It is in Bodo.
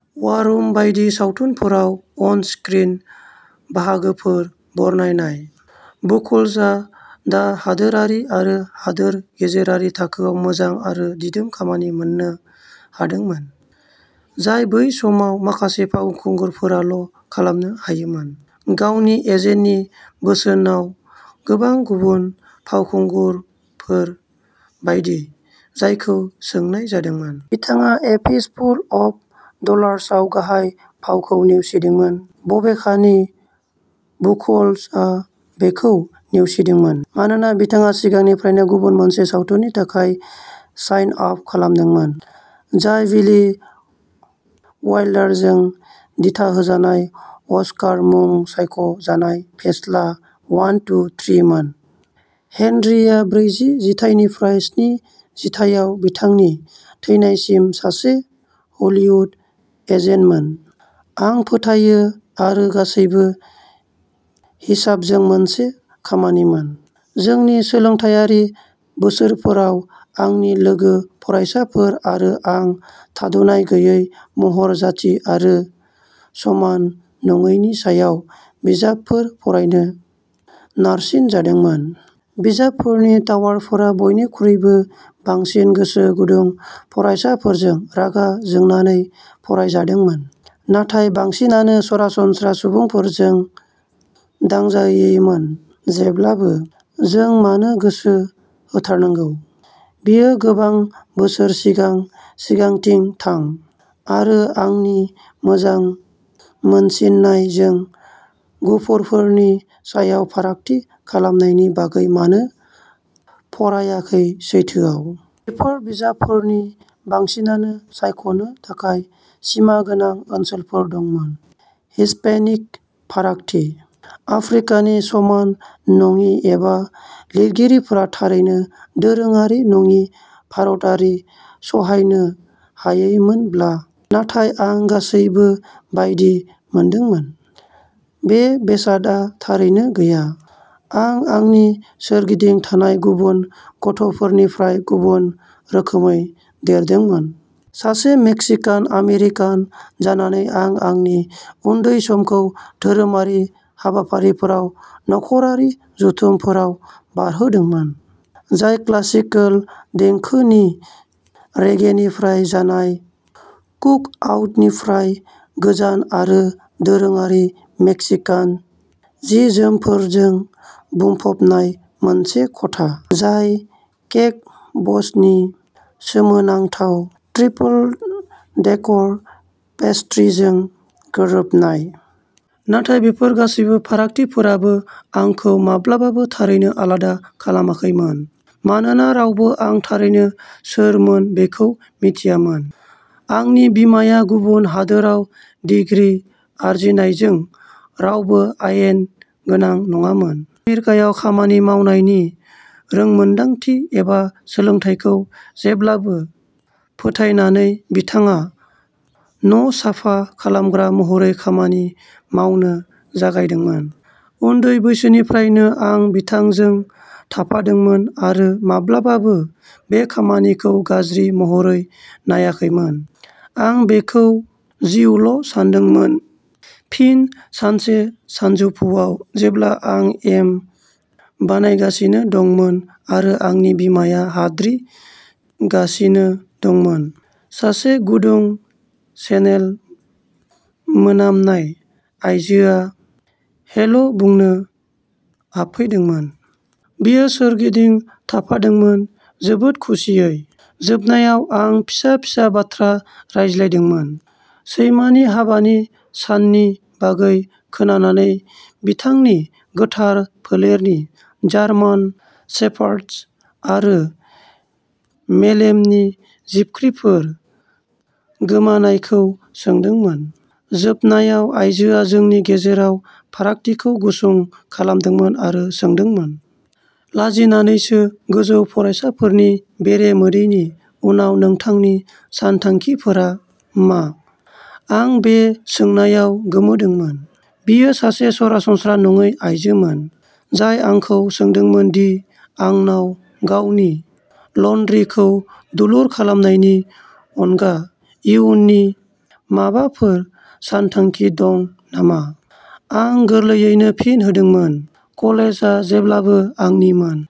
वारुम बायदि सावथुनफोराव अन स्क्रिन बाहागोफोर बरनायनाय। बुख'ल्जआ दा हादोरारि आरो हादोर गेजेरारि थाखोआव मोजां आरो दिदोम खामानि मोननो हादोंमोन। जाय बै समाव माखासे फावखुंगुरफोराल' खालामनो हायोमोन। गावनि एजेन्टनि बोसोनआव गोबां गुबुन फावखुंगुरफोर बायदि जायखौ सोंनाय जादोंमोन। बिथाङा ए फिस्टफुल अफ डलार्सआव गाहाय फावखौ नेवसिदोंमोन। बबेखानि बुख'ल्जआ बेखौ नेवसिदोंमोन। मानोना बिथाङा सिगांनिफ्रायनो गुबुन मोनसे सावथुननि थाखाय साइन आप खालामदोंमोन। जाय बिली वाइल्डारजों दिथाहोजानाय अस्कार मुं सायख' जानाय फेस्ला वन, टु, थ्रीमोन। हेनरीआ ब्रैजि जिथाइनिफ्राय स्निजि जिथाइआव बिथांनि थैनायसिम सासे हलीवुड एजेन्टमोन। आं फोथायो आरो गासैबो हिसाबजों मोनसे खामानिमोन। जोंनि सोलोंथायारि बोसोरफोराव आंनि लोगो फरायसाफोर आरो आं थाद'नाय गैयै महरै जाथि आरो समान नङैनि सायाव बिजाबफोर फरायनो नारसिनजादोंमोन। बिजाबफोरनि टावारफोरा बयनिख्रुइबो बांसिन गोसोगुदुं फरायसाफोरजों रागा जोंनानै फरायजादोंमोन। नाथाय बांसिनानो सरासनस्रा सुबुंफोरजों दांजायैमोन। जेब्लाबो। जों मानो गोसो होथारनांगौ। बेयो गोबां बोसोर सिगां सिगांथिं थां। आरो आंनि मोजां मोनसिननाय जों गुफुरफोरनि सायाव फारागथि खालामनायनि बागै मानो फरायाखै सैथोआव। बेफोर बिजाबफोरनि बांसिनानो सायख'नो थाखाय सिमा गोनां ओनसोलफोर दंमोन। हिस्पेनिक फारागथि। आफ्रिकानि समान नङि एबा लिरगिरिफोरा थारैनो दोरोङारि नङि भारतारि सहायनो हायैमोनब्ला। नाथाय आं गासैबो बायदि मोनदोंमोन। बे बेसादआ थारैनो गैया। आं आंनि सोरगिदिं थानाय गुबुन गथ'फोरनिफ्राय गुबुन रोखोमै देरदोंमोन। सासे मेक्सिकान आमेरिकान जानानै आं आंनि उन्दै समखौ धोरोमारि हाबाफारिफोराव नखरारि जथुमफोराव बारहोदोंमोन। जाय क्लासिकेल देंखोनि रेगेनिफ्राय जानाय कुकआउटनिफ्राय गोजान आरो दोरोङारि मेक्सिकान जि-जोमफोरजों बुंफबनाय मोनसे खथा। जाय केक बसनि सोमोनांथाव ट्रिपल-डेकर पेस्ट्रीजों गोरोबनाय। नाथाय बेफोर गासैबो फारागथिफोराबो आंखौ माब्लाबाबो थारैनो आलादा खालामाखैमोन। मानोना रावबो आं थारैनो सोरमोन बेखौ मिथियामोन। आंनि बिमाया गुबुन हादोराव डिग्री आरजिनायजों रावबो आयेन गोनां नङामोन। आमेरिकायाव खामानि मावनायनि रोंमोनदांथि एबा सोलोंथाइखौ जेब्लाबो फोथायनानै बिथाङा न'साफा खालामग्रा महरै खामानि मावनो जागायदोंमोन। उन्दै बैसोनिफ्रायनो आं बिथांजों थाफादोंमोन आरो माब्लाबाबो बे खामानिखौ गाज्रि महरै नायाखैमोन। आं बेखौ जिउल' सानदोंमोन। फिन सानसे सानजौफुआव जेब्ला आं एम बानायगासिनो दंमोन आरो आंनि बिमाया हाद्रि गासिनो दंमोन। सासे गुदुं चेनेल मोनामनाय आयजोआ हेल' बुंनो हाबफैदोंमोन। बियो सोरगिदिं थाबायदोंमोन। जोबोद सुखुयै। जोबनायाव आं फिसा-फिसा बाथ्रा रायज्लायदोंमोन। सैमानि हाबानि साननि बागै खोनानानै बिथांनि गोथार फोलेरनि जार्मान सेफारडस आरो मेलेमनि जिबख्रिफोर गोमानायखौ सोंदोंमोन। जोबनायाव आइजोआ जोंनि गेजेराव फारागथिखौ गुसुं खालामदोंमोन आरो सोंदोंमोन। लाजिनानैसो गोजौ फरायसालिनि बेरे मोदैनि उनाव नोंथांनि सानथांखिफोरा मा? आं बे सोंनायाव गोमोदोंमोन। बियो सासे सरासनस्रा नङै आइजोमोन। जाय आंखौ सोंदोंमोन दि आंनाव गावनि लानड्रिखौ दुलुर खालामनायनि अनगा इयुननि माबाफोर सानथांखि दं नामा। आं गोरलैयैनो फिन होदोंमोन। कलेजआ जेब्लाबो आंनिमोन।